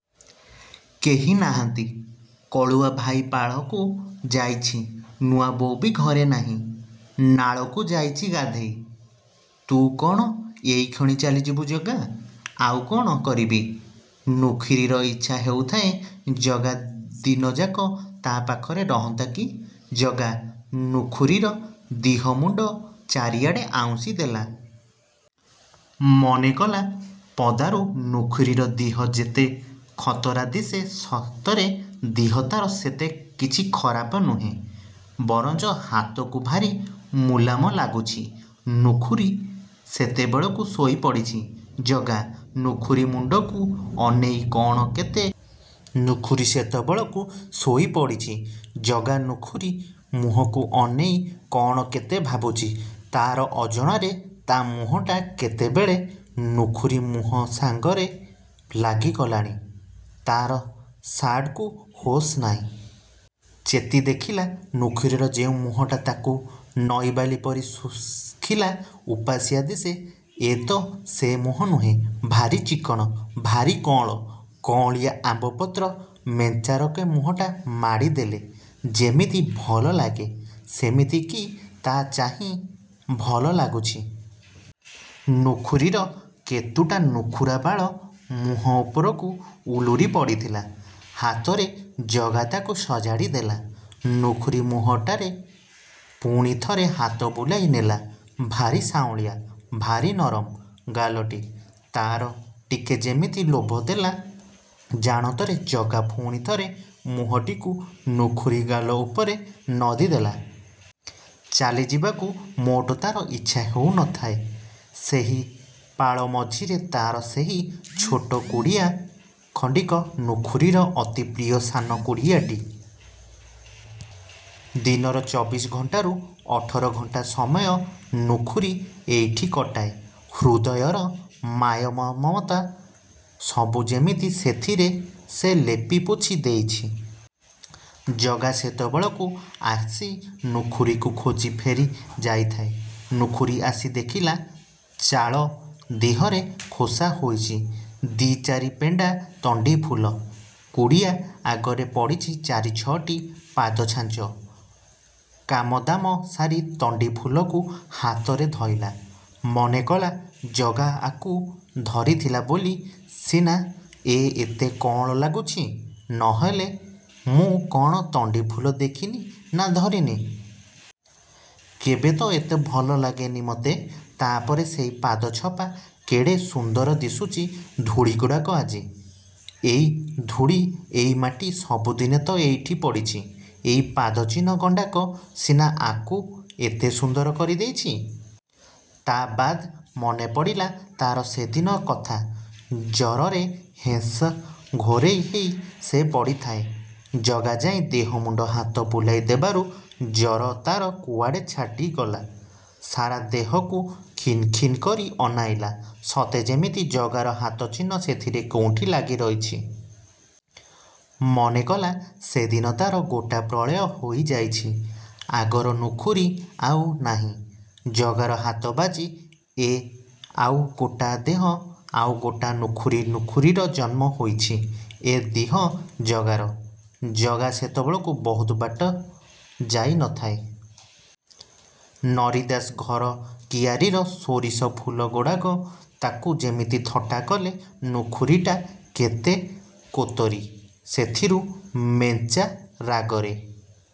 କେହି ନାହାନ୍ତି। କଳୁଆ ଭାଇ ପାଳକୁ ଯାଇଚି, ନୂଆବୋଉ ବି ଘରେ ନାଇ, ନାଳକୁ ଯାଇଚି ଗାଧେଇ। –ତୁ କଣ ଏଇଖିଣି ଚାଲିଯିବୁ ଜଗା! –ଆଉ କଣ କରିବି? ନୁଖୁରୀର ଇଚ୍ଛା ହେଉଥାଏ, ଜଗା ଦିନଯାକ ତା ପାଖରେ ରହନ୍ତା କି। ଜଗା ନୁଖୁରୀର ଦିହମୁଣ୍ଡ ଚାରିଆଡ଼ ଆଉଁସି ଦେଲା। ମନେକଲା, ପଦାରୁ ନୁଖୁରୀର ଦିହ ଯେତେ ଖତରା ଦିଶେ ସତରେ ଦିହ ତାର ସେତେ କିଛି ଖରାପ ନୁହେଁ, ବରଞ୍ଚ ହାତକୁ ଭାରି ମୁଲାମ ଲାଗୁଚି। ନୁଖୁରୀ ସେତେବେଳକୁ ଶୋଇପଡ଼ିଚି। ଜଗା ନୁଖୁରୀ ମୁହଁକୁ ଅନେଇ କଣ କେତେ ଭାବୁଚି, ତାର ଅଜଣାରେ ତା ମୁହଁଟା କେତେବେଳେ ନୁଖୁରୀ ମୁହଁ ସାଙ୍ଗରେ ଲାଗିଗଲାଣି, ତାର ସାଡ଼କୁ ହୋସ୍ ନାହିଁ। ଚେତି ଦେଖିଲା, ନୁଖୁରୀର ଯେଉଁ ମୁହଁଟା ତାକୁ ନଈ ବାଲି ପରି ଶୁଖିଲା, ଉପାସିଆ ଦିଶେ, ଏ ତ ସେ ମୁହଁ ନୁହେଁ। ଭାରି ଚିକଣ, ଭାରି କଅଁଳ। କିଆଁଳିଆ ଆମ୍ୱପତ୍ର ମେଞ୍ଚାକରେ ମୁହଁଟା ମାଡ଼ିଦେଲେ ଯେମିତି ଭଲଲାଗେ, ସେମିତି କି ତା' ଚାହିଁ ଭଲ ଲାଗୁଛି। ନୁଖୁରୀର କେତୁଟା ନୁଖୁରା ବାଳ ମୁହଁ ଉପରକୁ ଉଲୁରି ପଡ଼ିଥିଲା, ହାତରେ ଜଗା ତାକୁ ସଜାଡ଼ି ଦେଲା। ନୁଖୁରୀ ମୁହଁଟାରେ ପୁଣି ଥରେ ହାତ ବୁଲେଇ ନେଲା–ଭାରି ଶାଉଁଳିଆ, ଭାରି ନରମ ଗାଲଟି, ତାର ଟିକେ ଯେମିତି ଲୋଭ ଦେଲା। ଜାଣତରେ ଜଗା ପୁଣି ଥରେ ମୁହଁଟିକୁ ନୁଖୁରୀ ଗାଲ ଉପରେ ନଦିଦେଲା। ଚାଲିଯିବାକୁ ମୋଟେ ତାର ଇଚ୍ଛା ହେଉ ନ ଥାଏ। ସେହି ପାଳ ମଝିରେ ତା'ର ସେହି ଛୋଟ କୁଡ଼ିଆ ଖଣ୍ଡିକ–ନୁଖୁରୀର ଅତି ପ୍ରିୟ ସାନ କୁଡ଼ିଆଟି। ଦିନର ଚବିଶ ଘଣ୍ଟାରୁ ଅଠର ଘଣ୍ଟା ସମୟ ନୁଖୁରୀ ଏଇଠି କଟାଏ। ହୃଦୟର ମାୟାମମତା ସବୁ ଯେମିତି ସେଥିରେ ସେ ଲେପି ପୋଛି ଦେଇଛି। ଜଗା ସେତେବେଳକୁ ଆସି ନୁଖୁରୀକି ଖୋଜି ଫେରି ଯାଇଥାଏ। ନୁଖୁରୀ ଆସି ଦେଖିଲା, ଚାଳ ଦିହରେ ଖୋସା ହେଇଚି ଦି ଚାରି ପେଣ୍ଡା ତଣ୍ଡିଫୁଲ, କୁଡ଼ିଆ ଅଗରେ ପଡ଼ିଚି ଚାରି ଛଟି ପାଦଛାଞ୍ଚ। କାମଦାମ ସାରି ତଣ୍ଡିଫୁଲକୁ ହାତରେ ଧଇଲା, ମନେ କଲା ଜଗା ଆକୁ ଧରିଥିଲା ବୋଲି ସିନା ଏ ଏତେ କଅଁଳ ଲାଗୁଚି ନ ହେଲେ ମୁଁ କଣ ତଣ୍ଡିଫୁଲ ଦେଖିନି ନା ଧରିନି। କେବେ ତ ଏତେ ଭଲ ଲାଗିନି ମୋତେ। ତା ପରେ ସେହି ପାଦ ଛପା। କେଡ଼େ ସୁନ୍ଦର ଦିଶୁଚି ଧୂଳିଗୁଡ଼ାକ ଆଜି। ଏଇ ଧୂଳି, ଏଇ ମାଟି, ସବୁଦିନେ ତ ଏଇଠି ପଡ଼ିଛି। ଏଇ ପାଦଚିହ୍ନ ଗଣ୍ଡାକ ସିନା ଆକୁ ଏତେ ସୁନ୍ଦର କରି ଦେଇଚି। ତା ବାଦେ ମନେପଡ଼ିଲା ତାର ସେଦିନ କଥା। ଜରରେ ହେଁସ ଘୋରେଇ ହେଇ ସେ ପଡ଼ିଥାଏ। ଜଗା ଯାଇ ଦିହମୁଣ୍ଡ ହାତ ବୁଲେଇ ଦେବାରୁ ଜର ତାର କୁଆଡ଼େ ଛାଡ଼ିଗଲା। ସାରା ଦେହକୁ ଖିନଖିନ କରି ଅନେଇଲା। ସତେ ଯେମିତି ଜଗାର ହାତଚିହ୍ନ ସେଥିରେ କେଉଁଠି ଲାଗିରହିଚି। ମନେକଲା, ସେଦିନ ତାର ଗୋଟା ପ୍ରଳୟ ହେଇ ଯାଇଚି। ଆଗର ନୁଖୁରୀ ଆଉ ନାହିଁ। ଜଗାର ହାତ ବାଜି ଏ ଆଉ ଗୋଟା ଦିହ, ଆଉ ଗୋଟା ନୁଆ ନୁଖୁରୀର ଜନ୍ମ ହେଇଚି। ଏ ଦିହ ଜଗାର। ଜଗା ସେତେବେଳେକୁ ବହୁତ ବାଟ ଯାଇ ନଥାଏ। ନରିଦାସ ଘର କିଆରୀର ସୋରିଷ ଫୁଲଗୁଡ଼ା ତାକୁ ଯେମିତି ଥଟ୍ଟା କଲେ। ନୁଖୁରୀଟା କେତେ କୋତରୀ। ସେଥିରୁ ମେଞ୍ଚା ରାଗରେ